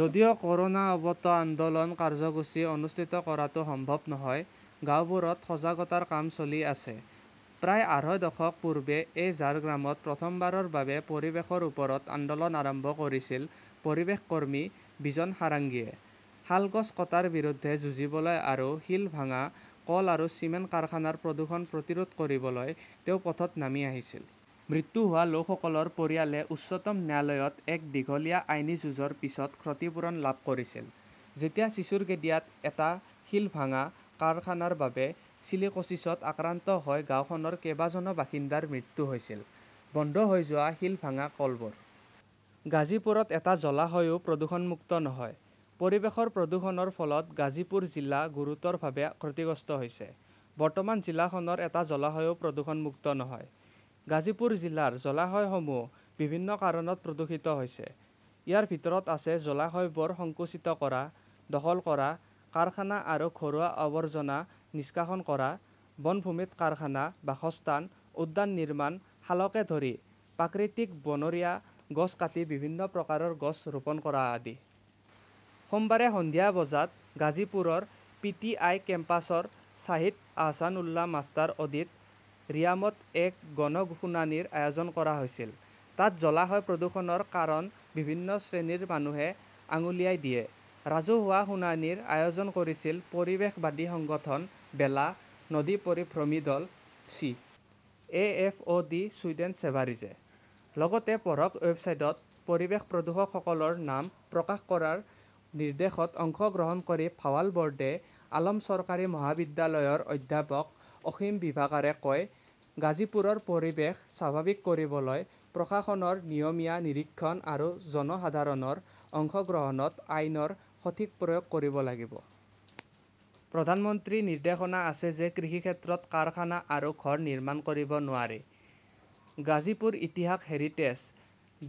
যদিও ক "ৰোনা অৱত আন্দোলন কাৰ্যসূচী অনুষ্ঠিত কৰাটো সম্ভৱ নহয়, গাওঁবোৰত সজাগতাৰ কাম চলি আছে। "প্ৰায় আঢ়ৈ দশক পূৰ্বে এই ঝাৰগ্ৰামত প্ৰথমবাৰৰ বাবে পৰিৱেশৰ ওপৰত আন্দোলন আৰম্ভ কৰিছিল পৰিৱেশ কৰ্মী বিজন সাৰাংগীয়ে। শাল গছ কটাৰ বিৰুদ্ধে যুঁজিবলৈ আৰু শিল ভাঙা কল আৰু চিমেণ্ট কাৰখানাৰ প্ৰদূষণ প্ৰতিৰোধ কৰিবলৈ তেওঁ পথত নামি আহিছিল। মৃত্যু হোৱা লোকসকলৰ পৰিয়ালে উচ্চতম ন্যায়ালয়ত এক দীঘলীয়া আইনী যুঁজৰ পিছত ক্ষতিপূৰণ লাভ কৰিছিল যেতিয়া ছিচুৰগেডিয়াত এটা শিল ভাঙা কাৰখানাৰ বাবে চিলিকোচিছত আক্ৰান্ত হৈ গাওঁখনৰ কেইবাজনো বাসিন্দাৰ মৃত্যু হৈছিল। বন্ধ হৈ যোৱা শিল ভাঙা কলবোৰ। গাজীপুৰত এটা জলাশয়ও প্ৰদূষণমুক্ত নহয়। পৰিৱেশৰ প্ৰদূষণৰ ফলত গাজীপুৰ জিলা গুৰুতৰভাৱে ক্ষতিগ্ৰস্ত হৈছে। বৰ্তমান জিলাখনৰ এটা জলাশয়ও প্ৰদূষণমুক্ত নহয়। গাজীপুৰ জিলাৰ জলাশয়সমূহ বিভিন্ন কাৰণত প্ৰদূষিত হৈছে। ইয়াৰ ভিতৰত আছে জলাশয়বোৰ সংকুচিত কৰা, দখল কৰা, কাৰখানা আৰু ঘৰুৱা আৱৰ্জনা নিষ্কাশন কৰা, বনভূমিত কাৰখানা, বাসস্থান, উদ্যান নিৰ্মাণ, শালকে ধৰি প্ৰাকৃতিক বনৰীয়া গছ কাটি বিভিন্ন প্ৰকাৰৰ গছ ৰোপণ কৰা আদি। সোমবাৰে সন্ধিয়া বজাত গাজীপুৰৰ পি. টি. আই. কেম্পাছৰ শ্বাহিদ আহছান উল্লা মাষ্টাৰ অডিট "ৰিয়ামত এক গণ শুনানিৰ আয়োজন কৰা হৈছিল। তাত জলাশয় প্ৰদূষণৰ কাৰণ বিভিন্ন শ্ৰেণীৰ মানুহে আঙুলিয়াই দিয়ে। ৰাজহুৱা শুনানিৰ আয়োজন কৰিছিল পৰিৱেশবাদী সংগঠন বেলা, নদী পৰিভ্ৰমী দল, C. A. F. O '. D., Sweden ছেভাৰিজে। লগতে পঢ়কঃ ৱেবছাইটত পৰিৱেশ প্ৰদূষকসকলৰ নাম প্ৰকাশ কৰাৰ নিৰ্দেশত অংশগ্ৰহণ কৰি ভাৱাল বদৰে আলম চৰকাৰী মহাবিদ্যালয়ৰ অধ্যাপক অসীম বিভাকাৰে কয়, "গাজীপুৰৰ পৰিৱেশ স্বাভাৱিক কৰিবলৈ প্ৰশাসনৰ নিয়মীয়া নিৰীক্ষণ আৰু জনসাধাৰণৰ অংশগ্ৰহণত আইনৰ সঠিক প্ৰয়োগ কৰিব লাগিব। প্ৰধানমন্ত্ৰীৰ নিৰ্দেশনা আছে যে কৃষিক্ষেত্ৰত কাৰখানা আৰু ঘৰ নিৰ্মাণ কৰিব নোৱাৰি। "গাজীপুৰ ইতিহাস হেৰিটেজ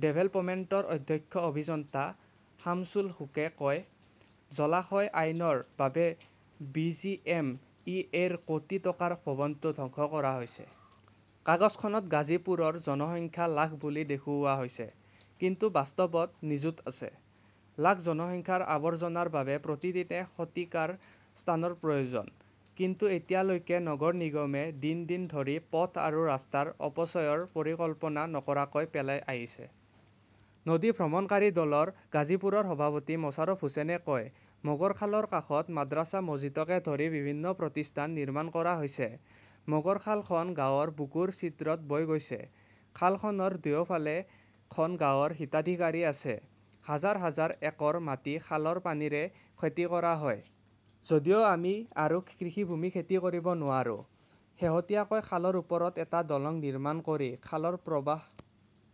ডেভেলপমেণ্টৰ অধ্যক্ষ অভিযন্তা শামছুল হুকে কয়", জলাশয় আইনৰ বাবে B. G. M. E. A. -ৰ কোটি টকাৰ ভৱনটো ধ্বংস কৰা হৈছে। কাগজখনত গাজীপুৰৰ জনসংখ্যা লাখ বুলি দেখুওৱা হৈছে। কিন্তু বাস্তৱত নিযুত আছে। লাখ জনসংখ্যাৰ আৱৰ্জনাৰ বাবে প্ৰতিদিনে শতিকাৰ স্থানৰ প্ৰয়োজন। কিন্তু এতিয়ালৈকে নগৰ নিগমে দিন দিন ধৰি পথ আৰু ৰাস্তাত অপচয়ৰ পৰিকল্পনা নকৰাকৈ পেলাই আহিছে। "নদী ভ্ৰমণকাৰী দলৰ গাজীপুৰৰ সভাপতি মোছাৰফ হুচেইনে কয়", "মোগৰখালৰ কাষত মাদ্ৰাজা-মছজিদকে ধৰি বিভিন্ন প্ৰতিষ্ঠান নিৰ্মাণ কৰা হৈছে। " মোগৰখাল খন গাঁৱৰ বুকুৰ ছিদ্ৰত বৈ গৈছে। খালখনৰ দুয়োফালে খন গাঁৱৰ হিতাধিকাৰী আছে। হাজাৰ হাজাৰ একৰ মাটি খালৰ পানীৰে খেতি কৰা হয়। যদিও আমি আৰু কৃষিভূমি খেতি কৰিব নোৱাৰো। শেহতীয়াকৈ খালৰ ওপৰত এটা দলং নিৰ্মাণ কৰি খালৰ প্ৰৱাহ